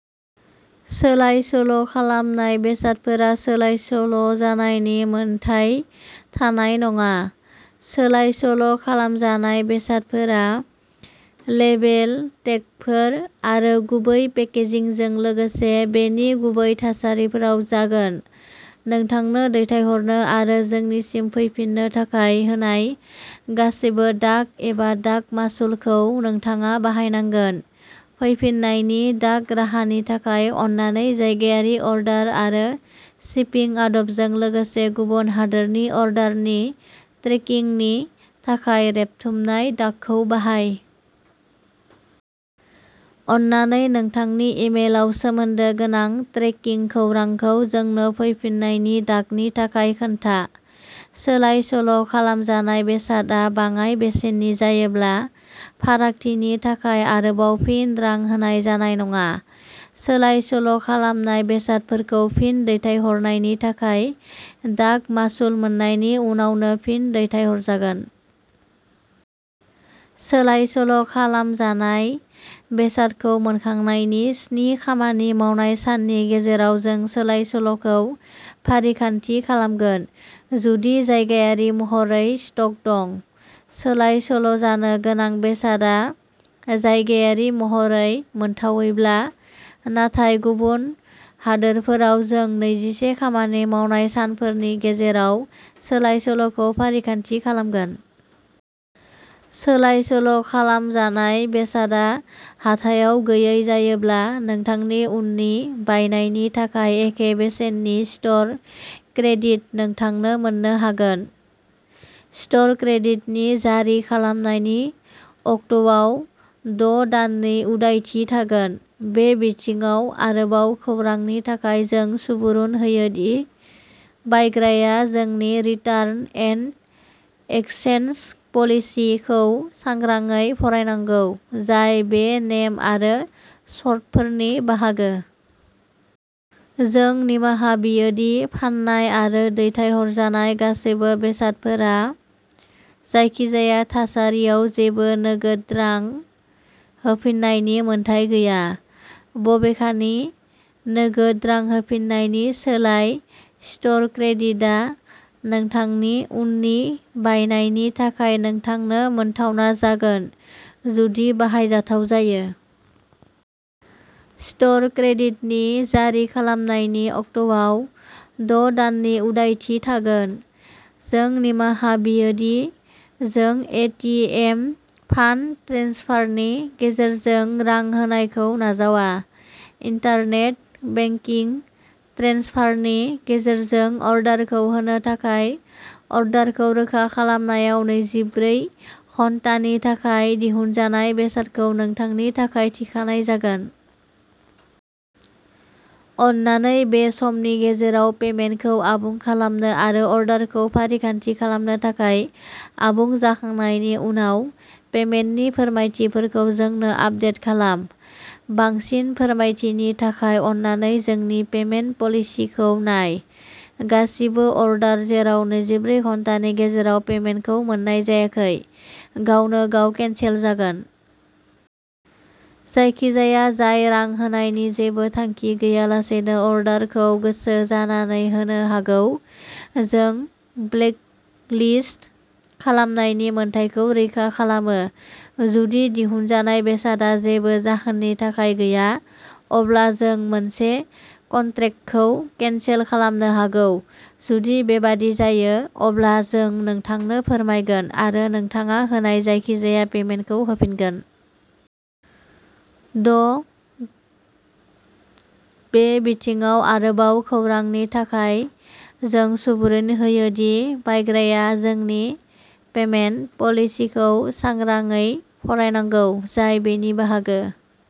सोलाय-सोल'खालामनाय बेसादफोरा सोलाय-सोल'जानायनि मोनथाय थानाय नङा। सोलाय-सोल'खालामजानाय बेसादफोरा लेबेल टेगफोर आरो गुबै पेकेजिंजों लोगोसे बेनि गुबै थासारिफोराव जागोन। नोंथांनो दैथायहरनो आरो जोंनिसिम फैफिननो थाखाय होनाय गासैबो डाक एबा डाक मासुलखौ नोंथाङा बाहायनांगोन। फैफिन्नायनि डाक राहानि थाखाय, अन्नानै जायगायारि अर्डार आरो शिपिं आदबजों लोगोसे गुबुन हादोरनि अर्डारनि ट्रेकिंनि थाखाय रेबथुमनाय डाकखौ बाहाय। अन्नानै नोंथांनि इमेलआव सोमोन्दो गोनां ट्रेकिं खौरांखौ जोंनो फैफिन्नायनि डाकनि थाखाय खोन्था। सोलाय-सोल'खालामजानाय बेसादआ बाङाय बेसेननि जायोब्ला, फारागथिनि थाखाय आरोबाव फिन-रां होनाय जानाय नङा। सोलाय-सोल'खालामनाय बेसादफोरखौ फिन-दैथायहरनायनि थाखाय डाक मासुल मोन्नायनि उनावनो फिन-दैथायहरजागोन। सोलाय-सोल'खालामजानाय बेसादखौ मोनखांनायनि स्नि खामानि मावनाय साननि गेजेराव जों सोलाय-सोल'खौ फारिखान्थि खालामगोन जुदि जायगायारि महरै स्टक दं। सोलाय-सोल'जानो गोनां बेसादआ जायगायारि महरै मोनथावैब्ला। नाथाय गुबुन हादोरफोराव, जों नैजिसे खामानि मावनाय सानफोरनि गेजेराव सोलाय-सोल'खौ फारिखान्थि खालामगोन। सोलाय-सोल'खालामजानाय बेसादआ हाथाइआव गैयै जायोब्ला, नोंथांनि उननि बायनायनि थाखाय एखे बेसेननि स्ट'र क्रेडिट नोंथांनो मोन्नो हागोन। स्ट'र क्रेडिटनि जारि खालामनायनि अक्ट'आव द' दाननि उदायथि थागोन। बे बिथिङाव आरोबाव खौरांनि थाखाय, जों सुबुरुन होयो दि बायग्राया जोंनि "रिटार्न एन्ड एक्सचेन्ज पलिसि" खौ सांग्राङै फरायनांगौ, जाय बे नेम आरो सर्तफोरनि बाहागो। जों निमाहा बियो दि फान्नाय आरो दैथायहरजानाय गासैबो बेसादफोरा जायखिजाया थासारियाव जेबो नोगोद रां होफिन्नायनि मोनथाय गैया। बबेखानि, नोगोद रां होफिन्नायनि सोलाय, स्ट'र क्रेडिटआ नोंथांनि उननि बायनायनि थाखाय नोंथांनो मोनथावना जागोन जुदि बाहायजाथाव जायो। स्ट'र क्रेडिटनि जारि खालामनायनि अक्ट'आव द' दाननि उदायथि थागोन। जों निमाहा बियो दि जों ए. टि. एम. फान्ड ट्रेन्सफारनि गेजेरजों रां होनायखौ नाजावा। इन्टारनेट बेंकिं ट्रेन्सफारनि गेजेरजों अर्डारखौ होनो थाखाय, अर्डारखौ रोखा खालामनायाव नैजिब्रै घन्टानि थाखाय दिहुनजानाय बेसादखौ नोंथांनि थाखाय थिखानाय जागोन। अन्नानै बे समनि गेजेराव पेमेन्टखौ आबुं खालामनो आरो अर्डारखौ फारिखान्थि खालामनो थाखाय आबुं जाखांनायनि उनाव पेमेन्टनि फोरमायथिफोरखौ जोंनो आपडेट खालाम। बांसिन फोरमायथिनि थाखाय, अन्नानै जोंनि "पेमेन्ट पलिसि" खौ नाय। गासिबो अर्डार जेराव नैजिब्रै घन्टानि गेजेराव पेमेन्टखौ मोन्नाय जायाखै, गावनो गाव केन्सेल जागोन। जायखिजाया जाय रां होनायनि जेबो थांखि गैयालासेनो अर्डारखौ गोसो जानानै होनो हागौ, जों ब्लेकलिस्ट खालामनायनि मोन्थाइखौ रैखा खालामो। जुदि दिहुनजानाय बेसादआ जेबो जाहोननि थाखाय गैया, अब्ला जों मोनसे कन्ट्रेक्टखौ केन्सेल खालामनो हागौ। जुदि बेबादि जायो, अब्ला जों नोंथांनो फोरमायगोन आरो नोंथाङा होनाय जायखिजाया पेमेन्टखौ होफिनगोन। द' बे बिथिङाव आरोबाव खौरांनि थाखाय, जों सुबुरुन होयो दि बायग्राया जोंनि "पेमेन्ट पलिसि" खौ सांग्राङै फरायनांगौ, जाय बेनि बाहागो।